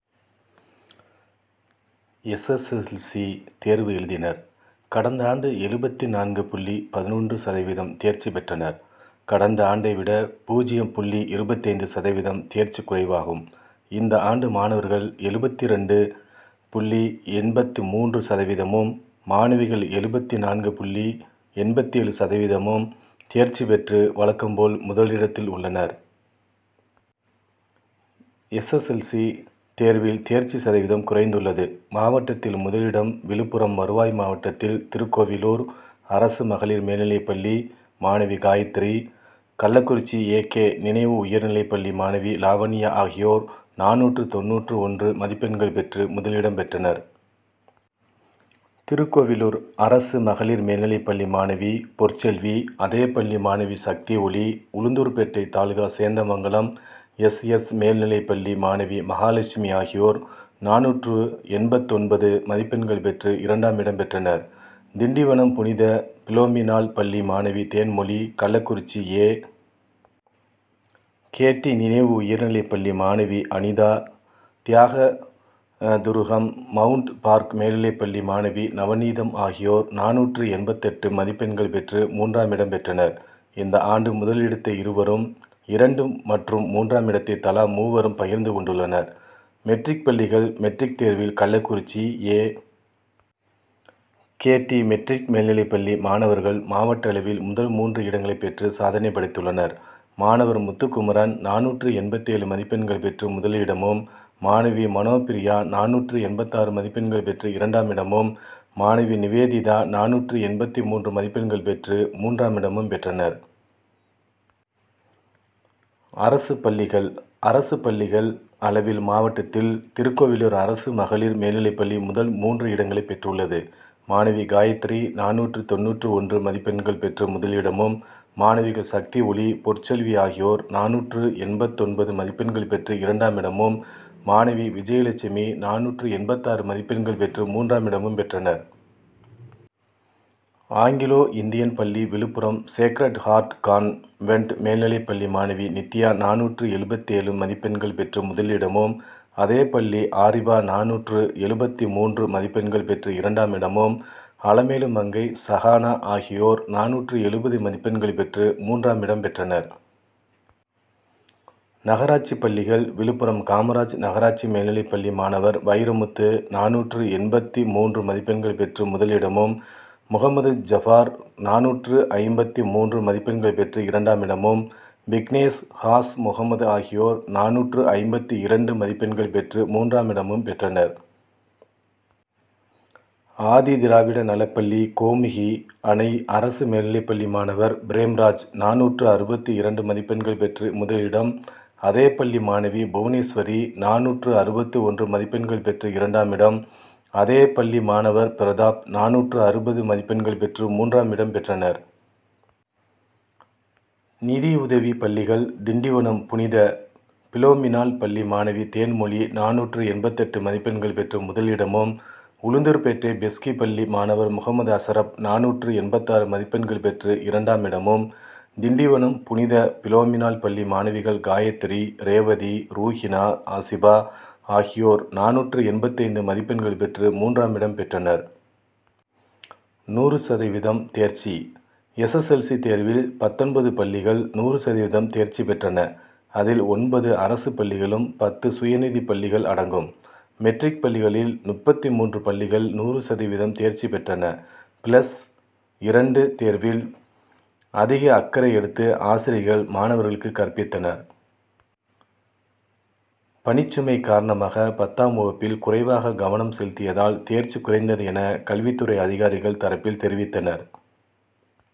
S. L. S. L. C. தேர்வு எழுதினர். கடந்த ஆண்டு எழுபத்து நான்கு புள்ளி பதினொன்று சதவீதம் தேர்ச்சி பெற்றனர். கடந்த ஆண்டை விட பூஜ்ஜியம் புள்ளி இருபத்தைந்து சதவீதம் தேர்ச்சி குறைவாகும். இந்த ஆண்டு மாணவர்கள் எழுபத்திரண்டு புள்ளி எண்பத்து மூன்று சதவீதமும், மாணவிகள் எழுபத்து நான்கு புள்ளி எண்பத்தேழு சதவீதமும் தேர்ச்சி பெற்று வழக்கம் போல் முதலிடத்தில் உள்ளனர். எஸ். எல். சி., தேர்வில் தேர்ச்சி சதவீதம் குறைந்துள்ளது. மாவட்டத்தில் முதலிடம் விழுப்புரம் வருவாய் மாவட்டத்தில் திருக் கோவிலூர் அரசு மகளிர் மேல் நிலைப்பள்ளி மாணவி காயத்திரி, கள்ளக்குறிச்சி ஏ. கே. நினைவு உயர் நிலைப்பள்ளி மாணவி லாவண்யா ஆகியோர் நானூற்று தொண்ணூற்று ஒன்று மதிப்பெண்கள் பெற்று முதலிடம் பெற்றனர். திருக்கோவிலூர் அரசு மகளிர் மேல்நிலைப் பள்ளி மாணவி பொற் செல்வி, அதே பள்ளி மாணவி Sakthioli, Ulundurpet taluka Senthamangalam S. S. மேல் நிலைப் பள்ளி மாணவி மகாலட்சுமி ஆகியோர் நானூற்று எண்பத்தொன்பது மதிப் பெண்கள் பெற்று இரண்டாமிடம் பெற்றனர். திண்டிவனம் புனித பிளோமினாள் பள்ளி மாணவி தேன்மொழி, கள்ளக்குறிச்சி ஏ. கே. டி.,நினைவு உயர்நிலைப் பள்ளி மாணவி அனிதா, தியாகதுருகம் மவுண்ட் பார்க் மேல்நிலைப் பள்ளி மாணவி நவநீதம் ஆகியோர் நானூற்று எண்பத்தெட்டு மதிப்பெண்கள் பெற்று மூன்றாமிடம் பெற்றனர். இந்த ஆண்டு முதலிடத்தை இருவரும், இரண்டு மற்றும் மூன்றாமிடத்தை தலா மூவரும் பகிர்ந்து கொண்டுள்ளனர். மெட்ரிக்பள்ளிகள் மெட்ரிக் தேர்வில் Kallakurichi A. K. D., matric மேல்நிலை பள்ளி மாணவர்கள் மாவட்ட அளவில் முதல் மூன்று இடங்களை பெற்று சாதனை படைத்துள்ளனர். மாணவர் முத்துக்குமரன் நானூற்று எண்பத்தேழு மதிப்பெண்கள் பெற்று முதலிடமும், மாணவி மனோபிரியா நானூற்று எண்பத்தாறு மதிப்பெண்கள் பெற்று இரண்டாமிடமும், மாணவி நிவேதிதா நானூற்று எண்பத்து மூன்று மதிப்பெண்கள் பெற்று மூன்றாமிடமும் பெற்றனர். அரசு பள்ளிகள் அரசு பள்ளிகள் அளவில் மாவட்டத்தில் திருக்கோவிலூர் அரசு மகளிர் மேல் நிலை முதல் மூன்று இடங்களை பெற் றுள்ளது. மாணவி காயத்ரி நானூற்று தொண்ணூற்று ஒன்று மதிப் பெண்கள் பெற்று முதலிடமும், மாணவிகள் சக்திஒளி, பொற் செல்வி ஆகியோர் நானூற்று எண்பத்தொன்பது மதிப்பெண்கள் பெற்று இரண்டாமிடமும், மாணவி விஜயலட்சுமி நானூற்று எண்பத்தாறு மதிப்பெண்கள் பெற்று மூன்றாமிடமும் பெற்றனர். ஆங்கிலோ இந்தியன் பள்ளி Villupuram sacred heart convent மேல் நிலைப் பள்ளி மாணவி நித்யா நானூற்று எழுபத்தேழு மதிப்பெண்கள் பெற்று முதலிடமும், அதே பள்ளி ஆரிபா நானூற்று எழுபத்து மூன்று மதிப்பெண்கள் பெற்று இரண்டாமிடமும், அலமேலுமங்கை, சகானா ஆகியோர் நானூற்று எழுபது மதிப்பெண்கள் பெற்று மூன்றாமிடம் பெற்றனர். நகராட்சி பள்ளிகள் விழுப்புரம் காமராஜ் நகராட்சி மேல் நிலைப்பள்ளி மாணவர் வைரமுத்து நானூற்று எண்பத்து மூன்று மதிப்பெண்கள் பெற்று முதலிடமும், முகமது ஜபார் நானூற்று ஐம்பத்து மூன்று மதிப்பெண்கள் பெற்று இரண்டாமிடமும், விக்னேஷ், ஹாஸ்முகமது ஆகியோர் நானூற்று ஐம்பத்து இரண்டு மதிப்பெண்கள் பெற்று மூன்றாமிடமும் பெற்றனர். ஆதிதிராவிட நலப்பள்ளி கோமுகி அணை அரசு மேல்நிலைப்பள்ளி மாணவர் பிரேம்ராஜ் நானூற்று அறுபத்து இரண்டு மதிப்பெண்கள் பெற்று முதலிடம், அதே பள்ளி மாணவி புவனேஸ்வரி நானூற்று அறுபத்து ஒன்று மதிப்பெண்கள் பெற்று இரண்டாமிடம், அதே பள்ளி மாணவர் பிரதாப் நானூற்று அறுபது மதிப்பெண்கள் பெற்று மூன்றாமிடம் பெற்றனர். நிதியுதவி பள்ளிகள் திண்டிவனம் புனித பிளோமினாள் பள்ளி மாணவி தேன்மொழி நானூற்று எண்பத்தெட்டு மதிப்பெண்கள் பெற்று முதலிடமும், உளுந்தூர்பேட்டை பெஸ்கி பள்ளி மாணவர் முகமது அஷரப் நானூற்று எண்பத்தாறு மதிப்பெண்கள் பெற்று இரண்டாமிடமும், திண்டிவனம் புனித பிளோமினாள் பள்ளி மாணவிகள் காயத்ரி, ரேவதி, ரூகினா ஆசிபா ஆகியோர் நானூற்று எண்பத்தைந்து மதிப்பெண்கள் பெற்று மூன்றாமிடம் பெற்றனர். நூறு சதவீதம் தேர்ச்சி எஸ். எஸ். எல். சி.,தேர்வில் பத்தொன்பது பள்ளிகள் நூறு சதவீதம் தேர்ச்சி பெற்றன. இதில் ஒன்பது அரசு பள்ளிகளும், பத்து சுய நிதி பள்ளிகள் அடங்கும். மெட்ரிக் பள்ளிகளில் முப்பத்து மூன்று பள்ளிகள் நூறு சதவீதம் தேர்ச்சி பெற்றன. பிளஸ் இரண்டு தேர்வில் அதிக அக்கறை எடுத்து ஆசிரியர்கள் மாணவர்களுக்கு கற்பித்தனர். பணி சுமை காரணமாக பத்தாம் வகுப்பில் குறைவாக கவனம் செலுத்தியதால் தேர்ச்சி குறைந்தது என கல்வித் துறை அதிகாரிகள் தரப்பில் தெரிவித்தனர்.